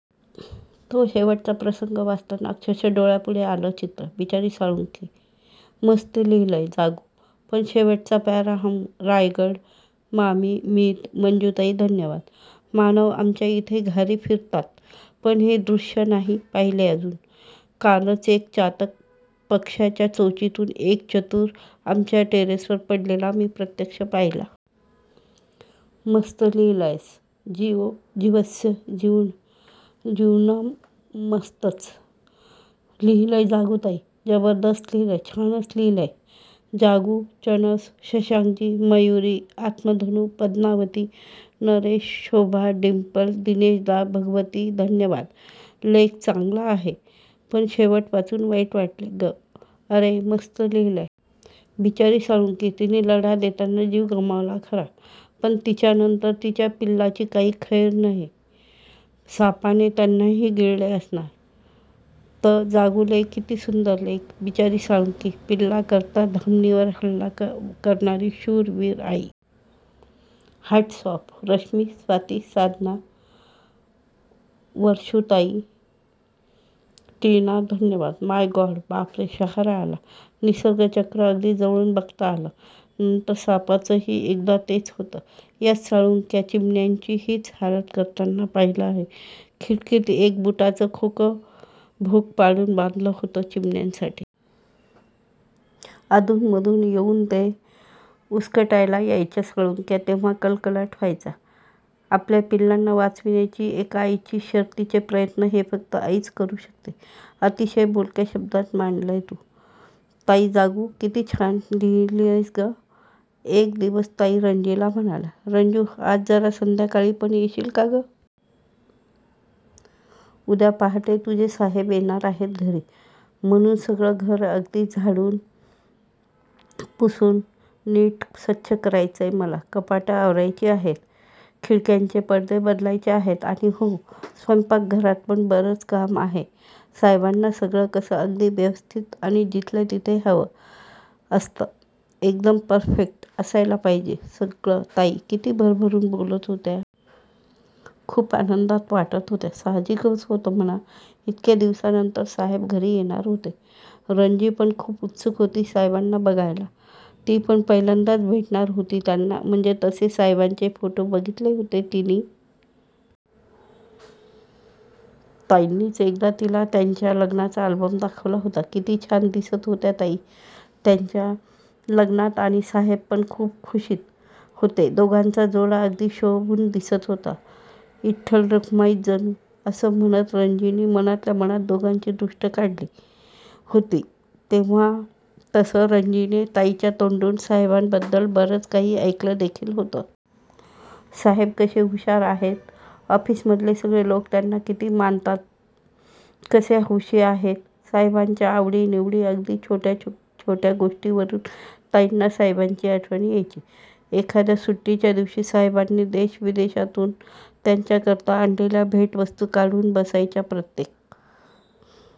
तो शेवटचा प्रसंग वाचताना अक्षरशः डोळ्यापुढे आलं चित्रं. बिचारी साळुंखी. मस्त लिहीलंय जागू पण शेवटचा पॅराहम्म्म्म्. रायगड, मामी, मित, मंजूताई धन्यवाद. मानव आमच्याइथे घारी फिरतात पण हे दृश्य नाही पाहीले अजून. कालच एक चातक पक्श्याच्या चोचीतून एक चतूर आमच्या टेरेसवर पडलेला मी प्रत्यक्ष पाहीला. मस्त लिहलयसं! जीवो जीवस्य जीवनम्मस्तचं लिहिलंय जागूताई. जबरदस्त लिहीलंय! छानच लिहीलय जागू. चनस, शशांकजी, मयुरी, आत्मधनु, पद्मावती, नरेश, शोभा, डिंपल, दिनेशदा, भगवती धन्यवाद. लेख चान्गला आहे, पण शेवट वाचुन वाईट वाटले ग.:अरेरे:मस्त लिहिलय! बिचारी साळूण्की. तिने लढा देताना जीव गमावला खरा पण तिच्यां नंतर तिच्या पिल्लांची काही खैर नहै. सांपाने त्यांनाही गिळले असणार. तःजागुले किती सुंदर लेख.. बिचारी साळुंखी.. पिल्लांकरता धामणीवर हल्ला करणारी शूर वीर आई.. हॅट्स ऑफ!! रश्मी, स्वाती, साधना, वर्षुताऊई, टीना धन्यवाद. My God. बापरे, शहारा आला. निसर्गचक्र अगदी जवळून बघता आलं. नंतर सापाचंही एकदा तेच होतं. याच साळुंक्या चिमण्यांची हीच हालत करताना पाहिलं आहे. खिडकीत एक बुटाचं खोकं भोक पाडून बांधलं होतं चिमण्यांसाठी. अधूनमधून येऊन ते उसकटायला यायच्या साळुंक्या तेव्हा कलकलाट व्हायचा. आपल्या पिल्लांना वाचविण्याची एका आईचे शर्तीचे प्रयत्नहे फक्त आईच करू शकते. अतिशय बोलक्या शब्दात मांडलय तू ताईजागू, किती छान लिहीलयस ग. एक दिवस ताई रंजीला म्हणाल्या,"रंजू, आज जरा संध्याकाळी पण येशील का गं? उद्या पहाटे तुझे साहेब येणार आहेत घरी; म्हणून सगळं घर अगदी झाडून पुसून नीट स्वच्छ करायचंय मला, कपाटं आवरायची आहेत, खिडक्यांचे पडदे बदलायचे आहेतआणि हो- स्वैपाकघरात पण बरंच काम आहेसाहेबांना सगळं कसं अगदी व्यवस्थित आणि जिथल्या तिथे हवं असतंएकदम परफेक्ट असायला पाहिजे सगळं"ताई किती भरभरून बोलत होत्या.. खूप आनंदात वाटत होत्या साहजिकच होतं म्हणा.. इतक्या दिवसांनंतर साहेब घरी येणार होते! रंजी पण खूप उत्सुक होती साहेबांना बघायला. ती पण पहिल्यांदाच भेटणार होती त्यांना म्हणजे तसे साहेबांचे फोटो बघितले होते तिनी! ताईंनीच एकदा तिला त्यांच्या लग्नाचा अल्बम दाखवला होता. किती छान दिसत होत्या ताई त्यांच्या लग्नातआणि साहेब पण खूप खुशीत होतेदोघांचा जोडा अगदी शोभून दिसत होता.. 'इठ्ठल-रखुमाई च जनु'.. असं म्हणत रंजीनी मनातल्या मनात दोघांची दृष्ट काढली होती तेव्हातसं रंजीनी ताईंच्या तोंडून साहेबांबद्दल बरंच काही ऐकलं देखील होतं. साहेब कसे हुशार आहेतऑफिस मधले सगळे लोक त्यांना किती मानतातते कसे हौशी आहेतसाहेबांच्या आवडी निवडीअगदी छोट्या छोट्या गोष्टींवरून ताईंना साहेबांची आठवण यायची! एखाद्या सुट्टीच्या दिवशी साहेबांनी देश-विदेशातून त्यांच्याकरता आणलेल्या भेटवस्तू काढून बसायच्याप्रत्येक